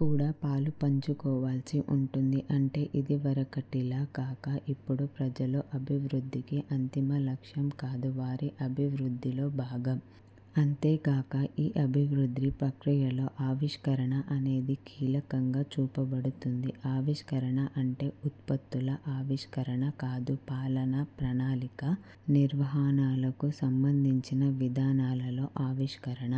కూడా పాలు పంచుకోవాల్సి ఉంటుంది. అంటే ఇదివరకటిలా గాక, ఇప్పుడు ప్రజలు అభివృద్ధికి అంతిమ లక్ష్యం కాదు, వారూ అభివృద్ధిలో భాగం. అంతేగాక, ఈ అభివృద్ధి ప్రక్రియలో ఆవిష్కరణ అనేది కీలకంగా చూడబడుతోంది. ఆవిష్కరణ అంటే ఉత్పత్తుల ఆవిష్కరణ కాదు పాలన, ప్రణాళిక, నిర్వహణలకు సంబంధించిన విధానాలలో ఆవిష్కరణ.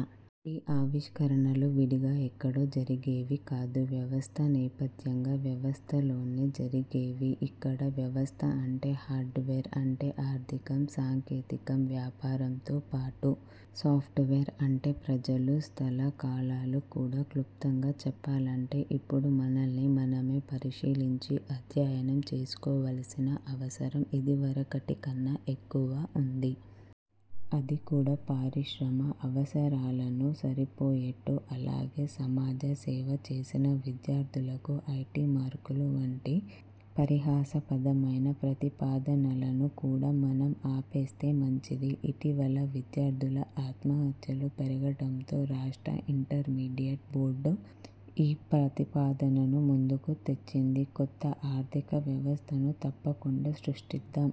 ఈ ఆవిష్కరణలు విడిగా ఎక్కడో జరిగేవి కాదు వ్యవస్థ నేపథ్యంగా వ్యవస్థలోనే జరిగేవి. ఇక్కడ వ్యవస్థ అంటే ''హార్డ్వేర్''అంటే ఆర్థికం, సాంకేతికం, వ్యాపారం తోపాటు, ''సాఫ్ట్వేర్'' అంటే ప్రజలు, స్థల కాలాలు కూడా. క్లుప్తంగా చెప్పాలంటే ఇప్పుడు మనల్ని మనమే పరిశీలించి అధ్యయనం చేసుకోవాల్సిన అవసరం ఇదివరకటికన్నా ఎక్కువ వుంది. అదికూడా, పరిశ్రమ అవసరాలకు సరిపోయేట్టు. అలాగే, ''సమాజ సేవ చేసిన విద్యార్థులకు ఐదు మార్కులు'' వంటి పరిహాసాస్పదమైన ప్రతిపాదనలను కూడా మనం ఆపేస్త మంచిది. ఇటీవల విద్యార్థుల ఆత్మహత్యలు పెరగటంతో రాష్ట్ర ఇంటర్మీడియట్ బోర్డు ఈ ప్రతిపాదనను ముందుకు తెచ్చింది. కొత్త ఆర్థిక వ్యవస్థను తప్పకుండ సృష్టిద్దాం.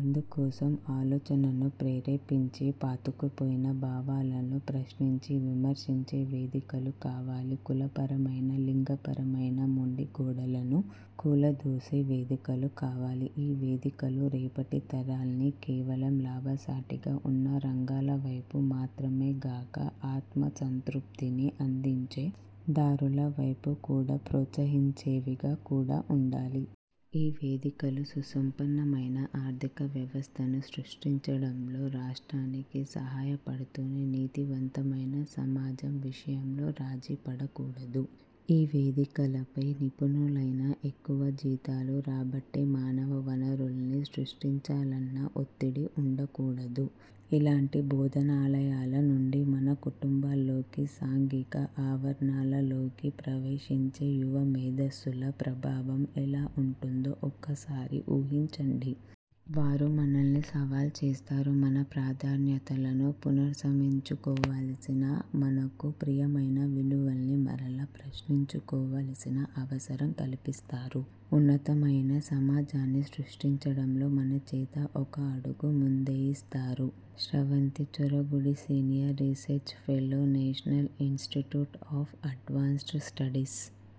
అందుకోసం ఆలోచనను ప్రేరేపించే, పాతుకుపోయిన భావాలను ప్రశ్నించి విమర్శించే వేదికలు కావాలి కులపరమైన లింగపరమైన మొండి గోడలను కూలదోసే వేదికలు కావాలి. ఈ వేదికలు రేపటి తరాల్ని కేవలం లాభసాటిగా ఉన్న రంగాలవైపు మాత్రమేగాక, ఆత్మసంతృప్తిని అందించే దారుల వైపు కూడా ప్రోత్సహించేవిగా కూడా ఉండాలి. ఈ వేదికలు సుసంపన్నమైన ఆర్థిక వ్యవస్థను సృష్టించటంలో రాష్ట్రానికి సాయపడుతూనే, నీతివంతమైన సమాజం విషయంలో రాజీపడకూడదు. ఈ వేదికలపై నిపుణులైన, ఎక్కువ జీతాలు రాబట్టే మానవ వనరుల్ని సృష్టించాలన్న ఒత్తిడి ఉండకూడదు. ఇలాంటి బోధనాలయాల నుంచి మన కుటుంబాల్లోనికీ, సాంఘిక ఆవరణల్లోనికీ ప్రవేశించే యువ మేధస్సుల ప్రభావం ఎలా ఉంటుందో ఒకసారి ఊహించండి. వారు మనల్ని సవాల్ చేస్తారు. మన ప్రాధాన్యతలను పునస్సమీక్షించుకోవాల్సిన, మనకు ప్రియమైన విలువల్ని మరలా ప్రశ్నించుకోవాల్సిన అవసరం కల్పిస్తారు. ఉన్నతమైన సమాజాన్ని సృష్టించడంలో మన చేత ఒక అడుగు ముందుకేయిస్తారు. Sravanthi Choragudi senior research fellow, national institute of advanced studies